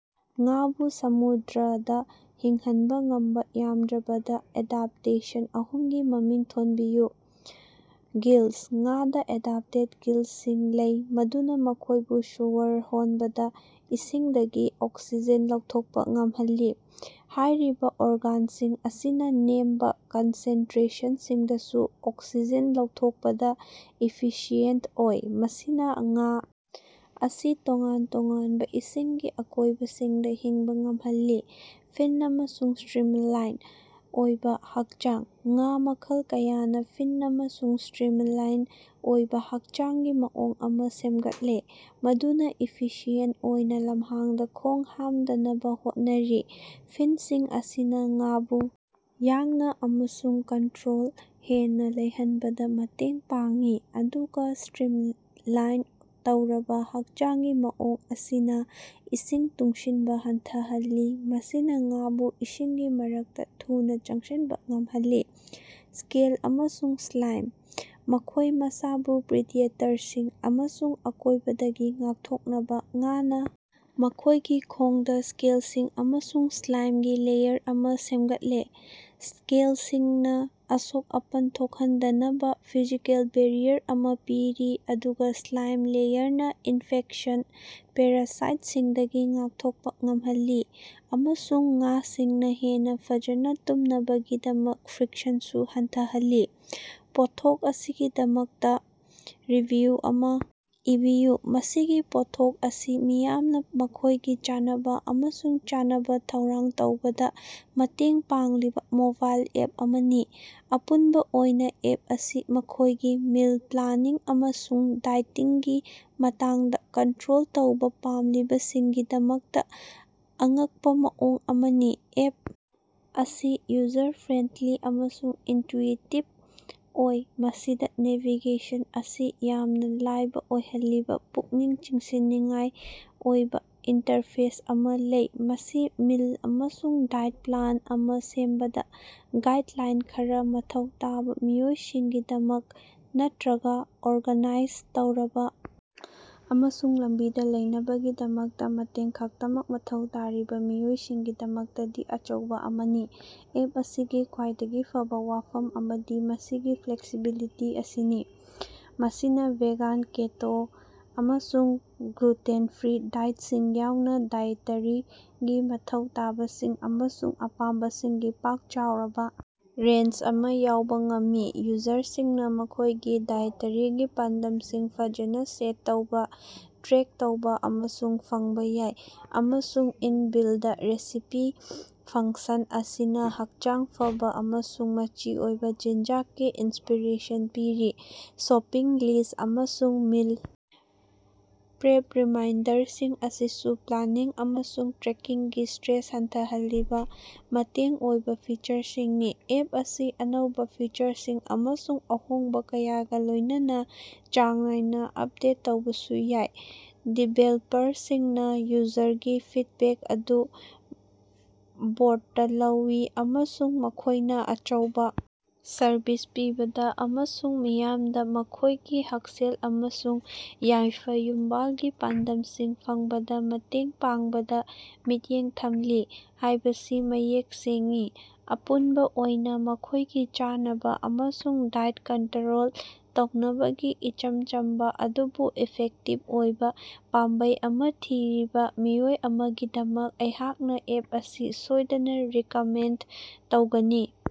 ꯉꯥꯕꯨ ꯁꯃꯨꯗ꯭ꯔꯗꯥ ꯍꯤꯡꯍꯟꯕ ꯉꯝꯕꯥ ꯌꯥꯝꯗ꯭ꯔꯕꯗ ꯑꯦꯗꯞꯇꯦꯁꯟ ꯑꯍꯨꯝꯒꯤ ꯃꯃꯤꯡ ꯊꯣꯟꯕꯤꯌꯨ꯫ ꯒꯤꯜꯁ: ꯉꯥꯗꯥ ꯑꯦꯗꯞꯇꯦꯗ ꯒꯤꯜꯁꯤꯡ ꯂꯩ ꯃꯗꯨꯅ ꯃꯈꯣꯏꯕꯨ ꯁ꯭ꯋꯔ ꯍꯣꯟꯕꯗ ꯏꯁꯤꯡꯗꯒꯤ ꯑꯣꯛꯁꯤꯖꯦꯟ ꯂꯧꯊꯣꯛꯄꯥ ꯉꯝꯍꯜꯂꯤ꯫ ꯍꯥꯏꯔꯤꯕꯥ ꯑꯣꯔꯒꯥꯟꯁꯤꯡ ꯑꯁꯤꯅ ꯅꯦꯝꯕ ꯀꯟꯁꯦꯟꯇꯔꯦꯁꯟꯁꯤꯡꯗꯁꯨ ꯑꯣꯛꯁꯤꯖꯦꯟ ꯂꯧꯊꯣꯛꯄꯗꯥ ꯏꯐꯤꯁꯤꯌꯦꯟꯇ ꯑꯣꯏ, ꯃꯁꯤꯅꯥ ꯉꯥ ꯑꯁꯤ ꯇꯣꯉꯥꯟ ꯇꯣꯉꯥꯟꯕ ꯏꯁꯤꯡꯒꯤ ꯑꯀꯣꯏꯕꯁꯤꯡꯗ ꯍꯤꯡꯕ ꯉꯝꯍꯜꯂꯤ꯫ ꯐꯤꯟ ꯑꯃꯁꯨꯡ ꯁ꯭ꯇꯔꯤꯃꯂꯥꯏꯟ ꯑꯣꯏꯕ ꯍꯛꯆꯥꯡ: ꯉꯥ ꯃꯈꯜ ꯀꯌꯥꯅ ꯐꯤꯟ ꯑꯃꯁꯨꯡ ꯁ꯭ꯇꯔꯤꯝꯂꯥꯏꯟ ꯑꯣꯏꯕ ꯍꯛꯆꯥꯡꯒꯤ ꯃꯑꯣꯡ ꯑꯃꯥ ꯁꯦꯝꯒꯠꯂꯦ ꯃꯗꯨꯅꯥ ꯏꯐꯤꯁꯤꯌꯦꯟ ꯑꯣꯏꯅꯥ ꯂꯝꯍꯥꯡꯗꯥ ꯈꯣꯡ ꯍꯥꯝꯗꯅꯕ ꯍꯣꯠꯅꯔꯤ꯫ ꯐꯤꯟꯁꯤꯡ ꯑꯁꯤꯅ ꯉꯥꯕꯨ ꯌꯥꯡꯅ ꯑꯃꯁꯨꯡ ꯀꯟꯇꯔꯣꯜ ꯍꯦꯟꯅ ꯂꯩꯍꯟꯕꯗꯥ ꯃꯇꯦꯡ ꯄꯥꯡꯏ ꯑꯗꯨꯒ ꯁ꯭ꯇꯔꯤꯝꯂꯥꯏꯟ ꯇꯧꯔꯕ ꯍꯛꯆꯥꯡꯒꯤ ꯃꯑꯣꯡ ꯑꯁꯤꯅꯥ ꯏꯁꯤꯡ ꯇꯨꯡꯁꯤꯟꯕꯥ ꯍꯟꯊꯍꯜꯂꯤ, ꯃꯁꯤꯅ ꯉꯥꯕꯨ ꯏꯁꯤꯡꯒꯤ ꯃꯔꯛꯇ ꯊꯨꯅꯥ ꯆꯪꯁꯤꯟꯕꯥ ꯉꯝꯍꯜꯂꯤ꯫ ꯁ꯭ꯀꯦꯜ ꯑꯃꯁꯨꯡ ꯁ꯭ꯂꯥꯏꯝ: ꯃꯈꯣꯏ ꯃꯁꯥꯕꯨ ꯄ꯭ꯔꯤꯗꯦꯇꯔꯁꯤꯡ ꯑꯃꯁꯨꯡ ꯑꯀꯣꯏꯕꯗꯒꯤ ꯉꯥꯛꯊꯣꯛꯅꯕꯥ ꯉꯥꯅꯥ ꯃꯈꯣꯏꯒꯤ ꯈꯣꯡꯗꯥ ꯁ꯭ꯀꯦꯜꯁꯤꯡ ꯑꯃꯁꯨꯡ ꯁ꯭ꯂꯥꯏꯝꯒꯤ ꯂꯦꯌꯔ ꯑꯃꯥ ꯁꯦꯝꯒꯠꯂꯦ꯫ ꯁ꯭ꯀꯦꯜꯁꯤꯡꯅ ꯑꯁꯣꯛ-ꯑꯄꯟ ꯊꯣꯛꯍꯟꯗꯅꯕ ꯐꯤꯖꯤꯀꯦꯜ ꯕꯦꯔꯤꯌꯥꯔ ꯑꯃꯥ ꯄꯤꯔꯤ ꯑꯗꯨꯒ ꯁ꯭ꯂꯥꯏꯝ ꯂꯦꯌꯔꯅ ꯏꯟꯐꯦꯛꯁꯟ, ꯄꯦꯔꯥꯁꯥꯏꯠꯁꯤꯡꯗꯒꯤ ꯉꯥꯛꯊꯣꯛꯄ ꯉꯝꯍꯜꯂꯤ ꯑꯃꯁꯨꯡ ꯉꯥꯁꯤꯡꯅ ꯍꯦꯟꯅ ꯐꯖꯅ ꯇꯨꯝꯅꯕꯒꯤꯗꯃꯛ ꯐ꯭ꯔꯤꯛꯁꯟꯁꯨ ꯍꯟꯊꯍꯜꯂꯤ꯫ ꯄꯣꯠꯊꯣꯛ ꯑꯁꯤꯒꯤꯗꯃꯛꯇ ꯔꯤꯚꯤꯌꯨ ꯑꯃꯥ ꯏꯕꯤꯌꯨ꯫ ꯃꯁꯤꯒꯤ ꯄꯣꯠꯊꯣꯛ ꯑꯁꯤ ꯃꯤꯌꯥꯝꯅ ꯃꯈꯣꯏꯒꯤ ꯆꯥꯅꯕ ꯑꯃꯁꯨꯡ ꯆꯥꯅꯕ ꯊꯧꯔꯥꯡ ꯇꯧꯕꯗ ꯃꯇꯦꯡ ꯄꯥꯡꯂꯤꯕ ꯃꯣꯕꯥꯏꯜ ꯑꯦꯞ ꯑꯃꯅꯤ꯫ ꯑꯄꯨꯟꯕ ꯑꯣꯏꯅꯥ, ꯑꯦꯞ ꯑꯁꯤ ꯃꯈꯣꯏꯒꯤ ꯃꯤꯜ ꯄ꯭ꯂꯥꯅꯤꯡ ꯑꯃꯁꯨꯡ ꯗꯥꯏꯇꯤꯡꯒꯤ ꯃꯇꯥꯡꯗ ꯀꯟꯇꯔꯣꯜ ꯇꯧꯕꯥ ꯄꯥꯝꯂꯤꯕꯁꯤꯡꯒꯤꯗꯃꯛꯇ ꯑꯉꯛꯄꯥ ꯃꯑꯣꯡ ꯑꯃꯅꯤ꯫ ꯑꯦꯞ ꯑꯁꯤ ꯌꯨꯖꯔ ꯐ꯭ꯔꯦꯟꯗꯂꯤ ꯑꯃꯁꯨꯡ ꯏꯟꯇꯌꯨꯏꯇꯤꯕ ꯑꯣꯏ, ꯃꯁꯤꯗꯥ ꯅꯦꯚꯤꯒꯦꯁꯟ ꯑꯁꯤ ꯌꯥꯝꯅ ꯂꯥꯏꯕ ꯑꯣꯏꯍꯜꯂꯤꯕ ꯄꯨꯛꯅꯤꯡ ꯆꯤꯡꯁꯤꯟꯅꯤꯡꯉꯥꯏ ꯑꯣꯏꯕ ꯏꯟꯇꯔꯐꯦꯁ ꯑꯃꯥ ꯂꯩ꯫ ꯃꯁꯤ ꯃꯤꯜ ꯑꯃꯁꯨꯡ ꯗꯥꯏꯠ ꯄ꯭ꯂꯥꯟ ꯑꯃꯥ ꯁꯦꯝꯕꯗ ꯒꯥꯏꯗꯂꯥꯏꯟ ꯈꯔ ꯃꯊꯧ ꯇꯥꯕ ꯃꯤꯑꯣꯏꯁꯤꯡꯒꯤꯗꯃꯛ, ꯅꯠꯇꯔꯒ ꯑꯣꯔꯒꯥꯅꯥꯏꯖ ꯇꯧꯔꯕ ꯑꯃꯁꯨꯡ ꯂꯝꯕꯤꯗ ꯂꯩꯅꯕꯒꯤꯗꯃꯛꯇ ꯃꯇꯦꯡ ꯈꯛꯇꯃꯛ ꯃꯊꯧ ꯇꯥꯔꯤꯕꯥ ꯃꯤꯑꯣꯏꯁꯤꯡꯒꯤꯗꯃꯛꯇꯗꯤ ꯑꯆꯧꯕ ꯑꯃꯅꯤ꯫ ꯑꯦꯞ ꯑꯁꯤꯒꯤ ꯈ꯭ꯋꯥꯏꯗꯒꯤ ꯐꯕꯥ ꯋꯥꯐꯝ ꯑꯃꯗꯤ ꯃꯁꯤꯒꯤ ꯐ꯭ꯂꯦꯛꯁꯤꯕꯤꯂꯤꯇꯤ ꯑꯁꯤꯅꯤ꯫ ꯃꯁꯤꯅꯥ ꯚꯦꯒꯥꯟ, ꯀꯦꯇꯣ ꯑꯃꯁꯨꯡ ꯒ꯭ꯂꯨꯇꯦꯟ ꯐ꯭ꯔꯤ ꯗꯥꯏꯠꯁꯤꯡ ꯌꯥꯎꯅ ꯗꯥꯏꯑꯦꯇꯔꯤꯒꯤ ꯃꯊꯧ ꯇꯥꯕꯁꯤꯡ ꯑꯃꯁꯨꯡ ꯑꯄꯥꯝꯕꯁꯤꯡꯒꯤ ꯄꯥꯛ-ꯆꯥꯎꯔꯕ ꯔꯦꯟꯖ ꯑꯃꯥ ꯌꯥꯎꯕ ꯉꯝꯃꯤ꯫ ꯌꯨꯖꯔꯁꯤꯡꯅ ꯃꯈꯣꯏꯒꯤ ꯗꯥꯏꯑꯦꯇꯔꯤꯒꯤ ꯄꯥꯟꯗꯝꯁꯤꯡ ꯐꯖꯅ ꯁꯦꯠ ꯇꯧꯕ, ꯇ꯭ꯔꯦꯛ ꯇꯧꯕ ꯑꯃꯁꯨꯡ ꯐꯪꯕ ꯌꯥꯏ, ꯑꯃꯁꯨꯡ ꯏꯟ-ꯕꯤꯜꯗ ꯔꯦꯁꯤꯄꯤ ꯐꯪꯁꯟ ꯑꯁꯤꯅ ꯍꯛꯆꯥꯡ ꯐꯕꯥ ꯑꯃꯁꯨꯡ ꯃꯆꯤ ꯑꯣꯏꯕ ꯆꯤꯟꯖꯥꯛꯀꯤ ꯏꯟꯁꯄꯤꯔꯦꯁꯟ ꯄꯤꯔꯤ꯫ ꯁꯣꯄꯤꯡ ꯂꯤꯁ꯭ꯠ ꯑꯃꯁꯨꯡ ꯃꯤꯜ ꯄ꯭ꯔꯦꯞ ꯔꯤꯃꯥꯏꯟꯗꯔꯁꯤꯡ ꯑꯁꯤꯁꯨ ꯄ꯭ꯂꯥꯅꯤꯡ ꯑꯃꯁꯨꯡ ꯇ꯭ꯔꯦꯀꯤꯡꯒꯤ ꯁ꯭ꯇꯔꯦꯁ ꯍꯟꯊꯍꯜꯂꯤꯕꯥ ꯃꯇꯦꯡ ꯑꯣꯏꯕꯥ ꯐꯤꯆꯔꯁꯤꯡꯅꯤ꯫ ꯑꯦꯞ ꯑꯁꯤ ꯑꯅꯧꯕꯥ ꯐꯤꯆꯔꯁꯤꯡ ꯑꯃꯁꯨꯡ ꯑꯍꯣꯡꯕ ꯀꯌꯥꯒ ꯂꯣꯏꯅꯅꯥ ꯆꯥꯡ ꯅꯥꯏꯅ ꯑꯞꯗꯦꯠ ꯇꯧꯕꯁꯨ ꯌꯥꯏ꯫ ꯗꯤꯕꯦꯜꯄꯔꯁꯤꯡꯅꯥ ꯌꯨꯖꯔꯒꯤ ꯐꯤꯗꯕꯦꯛ ꯑꯗꯨ ꯕꯣꯔꯗꯇꯥ ꯂꯧꯏ, ꯑꯃꯁꯨꯡ ꯃꯈꯣꯏꯅꯥ ꯑꯆꯧꯕꯥ ꯁꯔꯕꯤꯁ ꯄꯤꯕꯗ ꯑꯃꯁꯨꯡ ꯃꯤꯌꯥꯝꯗ ꯃꯈꯣꯏꯒꯤ ꯍꯛꯁꯦꯜ ꯑꯃꯁꯨꯡ ꯌꯥꯏꯐ-ꯌꯨꯝꯕꯥꯜꯒꯤ ꯄꯥꯟꯗꯝꯁꯤꯡ ꯐꯪꯕꯗ ꯃꯇꯦꯡ ꯄꯥꯡꯕꯗꯥ ꯃꯤꯠꯌꯦꯡ ꯊꯝꯂꯤ ꯍꯥꯏꯕꯁꯤ ꯃꯌꯦꯛ ꯁꯦꯡꯏ꯫ ꯑꯄꯨꯟꯕ ꯑꯣꯏꯅ, ꯃꯈꯣꯏꯒꯤ ꯆꯥꯅꯕ ꯑꯃꯁꯨꯡ ꯗꯥꯏꯠ ꯀꯟꯇꯔꯣꯜ ꯇꯧꯅꯕꯒꯤ ꯏꯆꯝ ꯆꯝꯕꯥ ꯑꯗꯨꯕꯨ ꯏꯐꯦꯛꯇꯤꯕ ꯑꯣꯏꯕ ꯄꯥꯝꯕꯩ ꯑꯃꯥ ꯊꯤꯔꯤꯕ ꯃꯤꯑꯣꯏ ꯑꯃꯒꯤꯗꯃꯛ ꯑꯩꯍꯥꯛꯅ ꯑꯦꯞ ꯑꯁꯤ ꯁꯣꯏꯗꯅ ꯔꯤꯀꯃꯦꯟꯗ ꯇꯧꯒꯅꯤ꯫